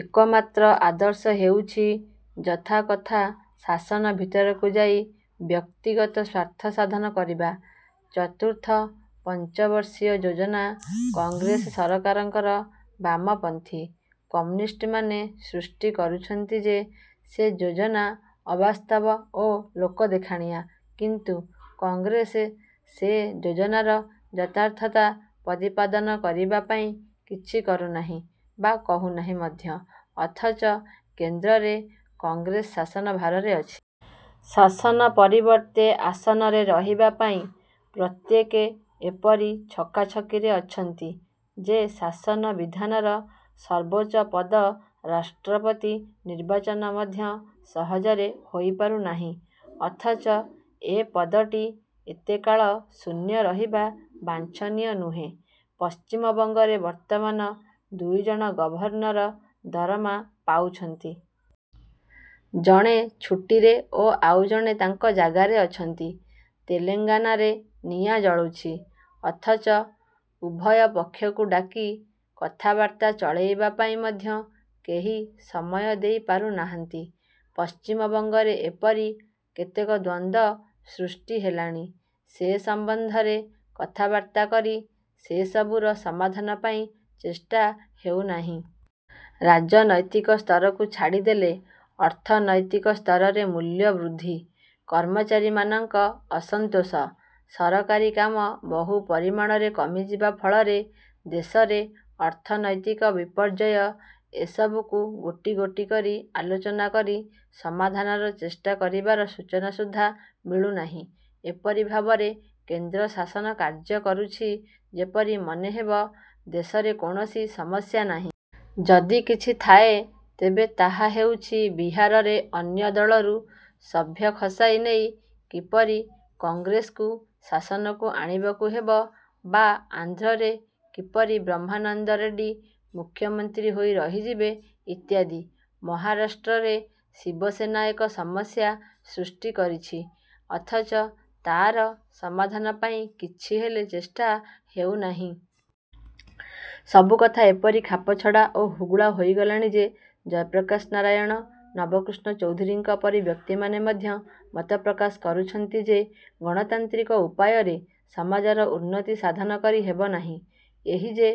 ଏକମାତ୍ର ଆଦର୍ଶ ହେଉଛି ଯଥାକଥା ଶାସନ ଭିତରକୁ ଯାଇ ବ୍ୟକ୍ତିଗତ ସ୍ୱାର୍ଥ ସାଧନ କରିବା। ଚତୁର୍ଥ ପଞ୍ଚବର୍ଷୀୟ ଯୋଜନା କଂଗ୍ରେସ ସରକାରଙ୍କର। ବାମପନ୍ଥୀ କମ୍ୟୁନିଷ୍ଟମାନେ ସୃଷ୍ଟି କରୁଛନ୍ତି ଯେ ସେ ଯୋଜନା ଅବାସ୍ତବ ଓ ଲୋକଦେଖାଣିଆ। କିନ୍ତୁ କଂଗ୍ରେସ ସେ ଯୋଜନାର ଯଥାର୍ଥତା ପ୍ରତିପାଦନ କରିବା ପାଇଁ କିଛି କରୁନାହିଁ ବା କହୁନାହିଁ ମଧ୍ୟ; ଅଥଚ କେନ୍ଦ୍ରରେ କଂଗ୍ରେସ ଶାସନଭାରରେ ଅଛି। ଶାସନ ପରିବର୍ତ୍ତେ ଆସନରେ ରହିବାପାଇଁ ପ୍ରତ୍ୟେକେ ଏପରି ଛକାଛକିରେ ଅଛନ୍ତି ଯେ ଶାସନ ବିଧାନର ସର୍ବୋଚ୍ଚ ପଦ ରାଷ୍ଟ୍ରପତି ନିର୍ବାଚନ ମଧ୍ୟ ସହଜରେ ହୋଇପାରୁ ନାହିଁ। ଅଥଚ ଏ ପଦଟି ଏତେକାଳ ଶୂନ୍ୟ ରହିବା ବାଞ୍ଛନୀୟ ନୁହେଁ। ପଶ୍ଚିମବଙ୍ଗରେ ବର୍ତ୍ତମାନ ଦୁଇଜଣ ଗଭର୍ଣ୍ଣର ଦରମା ପାଉଛନ୍ତି। ଜଣେ ଛୁଟିରେ ଓ ଆଉ ଜଣେ ତାଙ୍କ ଜାଗାରେ ଅଛନ୍ତି। ତେଲେଙ୍ଗାନାରେ ନିଆଁ ଜଳୁଛି; ଅଥଚ ଉଭୟ ପକ୍ଷକୁ ଡାକି କଥାବାର୍ତ୍ତା ଚଳେଇବା ପାଇଁ ମଧ୍ୟ କେହି ସମୟ ଦେଇ ପାରୁନାହାନ୍ତି। ପଶ୍ଚିମବଙ୍ଗରେ ଏପରି କେତେକ ଦ୍ୱନ୍ଦ୍ୱ ସୃଷ୍ଟି ହେଲାଣି, ସେ ସମ୍ବନ୍ଧରେ କଥାବାର୍ତ୍ତା କରି ସେ ସବୁର ସମାଧାନ ପାଇଁ ଚେଷ୍ଟା ହେଉନାହିଁ। ରାଜନୈତିକ ସ୍ତରକୁ ଛାଡ଼ିଦେଲେ ଅର୍ଥନୈତିକ ସ୍ତରରେ ମୂଲ୍ୟ ବୃଦ୍ଧି, କର୍ମଚାରୀମାନଙ୍କ ଅସନ୍ତୋଷ, ସରକାରୀ କାମ ବହୁ ପରିମାଣରେ କମିଯିବା ଫଳରେ ଦେଶରେ ଅର୍ଥନୈତିକ ବିପର୍ଯ୍ୟୟ ଏସବୁକୁ ଗୋଟି ଗୋଟି କରି ଆଲୋଚନା କରି ସମାଧାନର ଚେଷ୍ଟା କରିବାର ସୂଚନା ସୁଦ୍ଧା ମିଳୁନାହିଁ। ଏପରି ଭାବରେ କେନ୍ଦ୍ର ଶାସନ କାର୍ଯ୍ୟ କରୁଛି ଯେପରି ମନେ ହେବ ଦେଶରେ କୌଣସି ସମସ୍ୟା ନାହିଁ। ଯଦି କିଛି ଥାଏ ତେବେ ତାହା ହେଉଛି ବିହାରରେ ଅନ୍ୟ ଦଳରୁ ସଭ୍ୟ ଖସାଇ ନେଇ କିପରି କଂଗ୍ରେସକୁ ଶାସନକୁ ଆଣିବାକୁ ହେବ ବା ଆନ୍ଧ୍ରରେ କିପରି ବ୍ରହ୍ମାନନ୍ଦ ରେଡ଼ି ମୁଖ୍ୟମନ୍ତ୍ରୀ ହୋଇ ରହିଯିବେ ଇତ୍ୟାଦି। ମହାରାଷ୍ଟ୍ରରେ ଶିବସେନା ଏକ ସମସ୍ୟା ସୃଷ୍ଟି କରିଛି। ଅଥଚ ତା'ର ସମାଧାନ ପାଇଁ କିଛି ହେଲେ ଚେଷ୍ଟା ହେଉନାହିଁ। ସବୁ କଥା ଏପରି ଖାପଛଡ଼ା ଓ ହୁଗୁଳା ହୋଇଗଲାଣି ଯେ ଜୟପ୍ରକାଶ ନାରାୟଣ, ନବକୃଷ୍ଣ ଚୌଧୁରୀଙ୍କ ପରି ବ୍ୟକ୍ତିମାନେ ମଧ୍ୟ ମତପ୍ରକାଶ କରୁଛନ୍ତି ଯେ ଗଣତାନ୍ତ୍ରିକ ଉପାୟରେ ସମାଜର ଉନ୍ନତି ସାଧନ କରି ହେବନାହିଁ। ଏହି ଯେ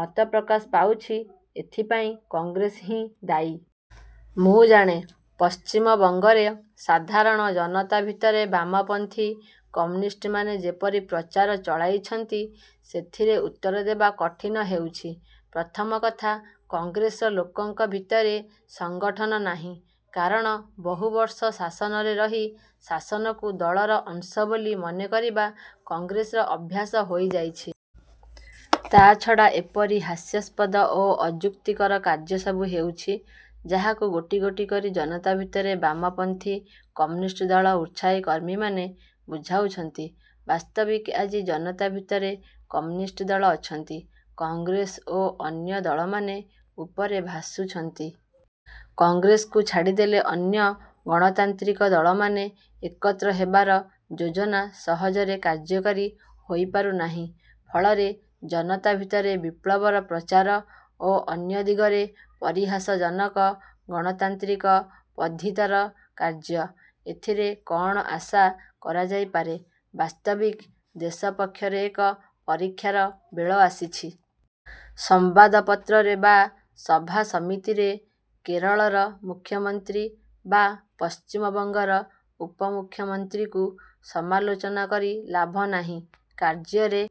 ମତ ପ୍ରକାଶ ପାଉଛି ଏଥିପାଇଁ କଂଗ୍ରେସ ହିଁ ଦାୟୀ। ମୁଁ ଜାଣେ ପଶ୍ଚିମବଙ୍ଗରେ ସାଧାରଣ ଜନତା ଭିତରେ ବାମପନ୍ଥୀ କମ୍ୟୁନିଷ୍ଟମାନେ ଯେପରି ପ୍ରଚାର ଚଳାଇଛନ୍ତି ସେଥିର ଉତ୍ତର ଦେବା କଠିନ ହେଉଛି। ପ୍ରଥମ କଥା କଂଗ୍ରେସର ଲୋକଙ୍କ ଭିତରେ ସଙ୍ଗଠନ ନାହିଁ, କାରଣ ବହୁବର୍ଷ ଶାସନରେ ରହି ଶାସନକୁ ଦଳର ଅଂଶ ବୋଲି ମନେ କରିବା କଂଗ୍ରେସର ଅଭ୍ୟାସ ହୋଇଯାଇଛି। ତା'ଛଡ଼ା ଏପରି ହାସ୍ୟାସ୍ପଦ ଓ ଅଯୁକ୍ତିକର କାର୍ଯ୍ୟ ସବୁ ହେଉଛି ଯାହାକୁ ଗୋଟି ଗୋଟି କରି ଜନତା ଭିତରେ ବାମପନ୍ଥୀ କମ୍ୟୁନିଷ୍ଟ ଦଳର ଉତ୍ସାହୀ କର୍ମୀମାନେ ବୁଝାଉଛନ୍ତି। ବାସ୍ତବିକ ଆଜି ଜନତା ଭିତରେ କମ୍ୟୁନିଷ୍ଟ ଦଳ ଅଛନ୍ତି। କଂଗ୍ରେସ ଓ ଅନ୍ୟ ଦଳମାନେ ଉପରେ ଭାସୁଛନ୍ତି। କଂଗ୍ରେସକୁ ଛାଡ଼ିଦେଇ ଅନ୍ୟ ଗଣତାନ୍ତ୍ରିକ ଦଳମାନେ ଏକତ୍ର ହେବାର ଯୋଜନା ସହଜରେ କାର୍ଯ୍ୟକାରୀ ହୋଇପାରୁନାହିଁ। ଫଳରେ ଜନତା ଭିତରେ ବିପ୍ଳବର ପ୍ରଚାର ଓ ଅନ୍ୟ ଦିଗରେ ପରିହାସଜନକ ଗଣତାନ୍ତ୍ରିକ ପଦ୍ଧିତର କାର୍ଯ୍ୟ। ଏଥିରେ କଅଣ ଆଶା କରାଯାଇପାରେ? ବାସ୍ତବିକ ଦେଶ ପକ୍ଷରେ ଏକ ପରୀକ୍ଷାର ବେଳ ଆସିଛି। ସମ୍ବାଦପତ୍ରରେ ବା ସଭା ସମିତିରେ କେରଳର ମୁଖ୍ୟମନ୍ତ୍ରୀ ବା ପଶ୍ଚିମବଙ୍ଗର ଉପମୁଖ୍ୟମନ୍ତ୍ରୀଙ୍କୁ ସମାଲୋଚନା କରି ଲାଭ ନାହିଁ। କାର୍ଯ୍ୟରେ